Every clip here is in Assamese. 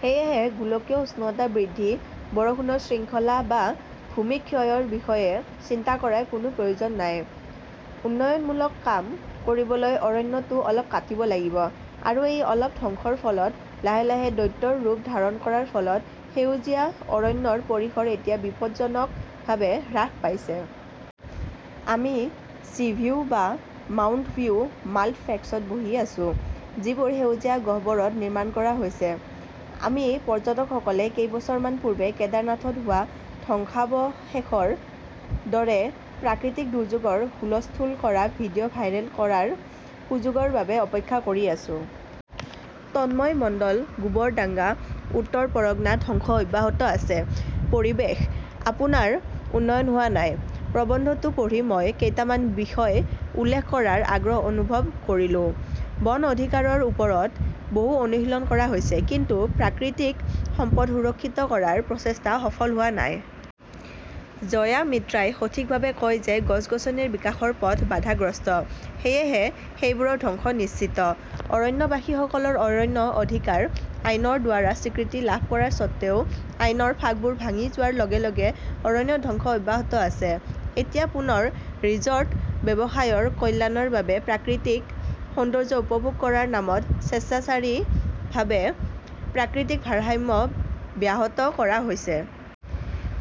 সেয়েহে, গোলকীয় উষ্ণতা বৃদ্ধি, বৰষুণৰ শৃংখলা বা ভূমিক্ষয়ৰ বিষয়ে চিন্তা কৰাৰ কোনো প্ৰয়োজন নাই। উন্নয়নমূলক কাম কৰিবলৈ অৰণ্যটো অলপ কাটিব লাগিব। আৰু এই 'অলপ' ধ্বংসৰ ফলত লাহে লাহে দৈত্যৰ ৰূপ ধাৰণ কৰাৰ ফলত সেউজীয়া অৰণ্যৰ পৰিসৰ এতিয়া বিপদজনকভাৱে হ্ৰাস পাইছে। আমি 'চি ভিউ' বা 'মাউণ্ট ভিউ' মাল্টফ্লেক্সত বহি আছো, যিবোৰ সেউজীয়া গহ্বৰত নিৰ্মাণ কৰা হৈছে। আমি পৰ্যটকসকলে কেইবছৰমান পূৰ্বে কেদাৰনাথত হোৱা ধ্বংসাৱশেষৰ দৰে প্ৰাকৃতিক দুৰ্যোগৰ হুলস্থুল কৰা ভিডিঅ "ভাইৰেল কৰাৰ সুযোগৰ বাবে অপেক্ষা কৰি আছো! তন্ময় মণ্ডল, গোবৰডাংগা, উত্তৰ পৰগনা ধ্বংস অব্যাহত আছে 'পৰিৱেশ, আপোনাৰ উন্নয়ন হোৱা নাই? "প্ৰবন্ধটো পঢ়ি মই কেইটামান বিষয় উল্লেখ কৰাৰ আগ্ৰহ অনুভৱ কৰিলো। বন অধিকাৰৰ ওপৰত বহু অনুশীলন কৰা হৈছে, কিন্তু প্ৰাকৃতিক সম্পদ সুৰক্ষিত কৰাৰ প্ৰচেষ্টা সফল হোৱা নাই। জয়া মিত্ৰাই সঠিকভাৱে কয় যে গছ-গছনিৰ বিকাশৰ পথ বাধাগ্ৰস্ত, সেয়েহে সেইবোৰৰ ধ্বংস নিশ্চিত! অৰণ্যবাসীসকলৰ অৰণ্য অধিকাৰ আইনৰ দ্বাৰা স্বীকৃতি লাভ কৰাৰ স্বত্ত্বেও, আইনৰ ফাঁকবোৰ ভাঙি যোৱাৰ লগে লগে অৰণ্য ধ্বংস অব্যাহত আছে। এতিয়া পুনৰ ৰিজৰ্ট ব্যৱসায়ৰ কল্যাণৰ বাবে প্ৰাকৃতিক সৌন্দৰ্য্য উপভোগ কৰাৰ নামত স্বেচ্ছাচাৰীভাৱে প্ৰাকৃতিক ভাৰসাম্য ব্যাহত কৰা হৈছে।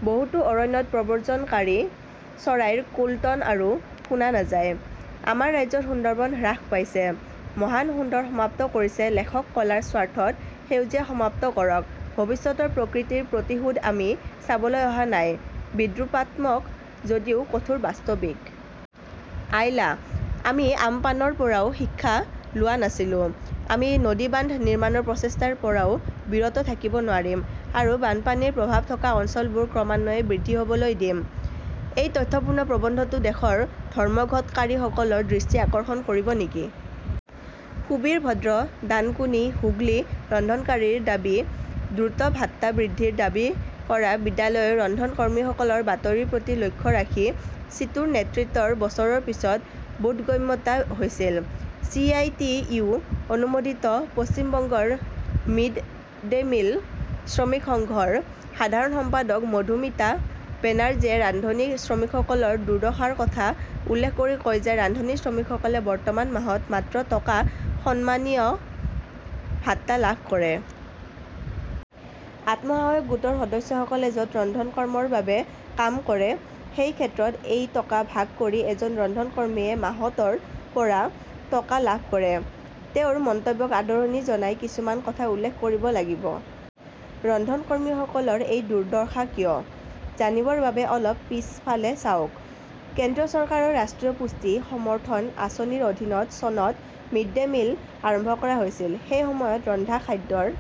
বহুতো অৰণ্যত প্ৰব্ৰজনকাৰী চৰাইৰ কোল্টন আৰু শুনা নাযায়। আমাৰ ৰাজ্যত সুন্দৰবন হ্ৰাস পাইছে। মহান সুন্দৰ সমাপ্ত কৰিছে লেখক-কলাৰ স্বাৰ্থত সেউজীয়া সমাপ্ত কৰক, ভৱিষ্যতৰ প্ৰকৃতিৰ প্ৰতিশোধ আমি চাবলৈ অহা নাই! বিদ্ৰূপাত্মক যদিও কঠোৰ বাস্তৱিক। আইলা, আমি আমপানৰ পৰাও শিক্ষা লোৱা নাছিলো। আমি নদী বান্ধ নিৰ্মাণৰ প্ৰচেষ্টাৰ পৰাও বিৰত থাকিব নোৱাৰিম, আৰু বানপানীৰ প্ৰভাৱ থকা অঞ্চলবোৰ ক্ৰমান্বয়ে বৃদ্ধি হ 'বলৈ দিম! এই তথ্যপূৰ্ণ প্ৰবন্ধটো দেশৰ ধৰ্মঘটকাৰীসকলৰ দৃষ্টি আকৰ্ষণ কৰিব নেকি? সুবীৰ ভদ্ৰ, ডানকুনী, হুগলী ৰন্ধনকাৰীৰ দাবী 'দ্ৰুত ভাত্তা বৃদ্ধিৰ দাবী কৰা বিদ্যালয়ৰ ৰন্ধন কৰ্মীসকলৰ' বাতৰিৰ প্ৰতি লক্ষ্য ৰাখি, চিটুৰ নেতৃত্বৰ বছৰৰ পিছত বোধগম্যতা হৈছিল। চি. আই. টি. ইউ. অনুমোদিত 'পশ্চিম বংগৰ মিড-ডে মিল শ্ৰমিক সংঘ "ৰ সাধাৰণ সম্পাদক মধুমিটা বেনাৰ্জীয়ে ৰান্ধনী শ্ৰমিকসকলৰ দুৰ্দশাৰ কথা উল্লেখ কৰি কয় যে ৰান্ধনী শ্ৰমিকসকলে বৰ্তমান মাহত মাত্ৰ টকা সন্মানীয় ভাত্তা লাভ কৰে। আত্মসহায়ক গোটৰ সদস্যসকলে য 'ত ৰন্ধন কৰ্মৰ বাবে কাম কৰে, সেই ক্ষেত্ৰত এই টকা ভাগ কৰি এজন ৰন্ধন কৰ্মীয়ে মাহত ৰ পৰা টকা লাভ কৰে। তেওঁৰ মন্তব্যক আদৰণি জনাই কিছুমান কথা উল্লেখ কৰিব লাগিব। ৰন্ধন কৰ্মীসকলৰ এই দুৰ্দশা কিয়? জানিবৰ বাবে অলপ পিছফালে চাওক। কেন্দ্ৰীয় চৰকাৰৰ ৰাষ্ট্ৰীয় পুষ্টি সমৰ্থন আঁচনিৰ অধীনত চনত 'মিড-ডে মিল "আৰম্ভ কৰা হৈছিল। সেই সময়ত ৰন্ধা খাদ্যৰ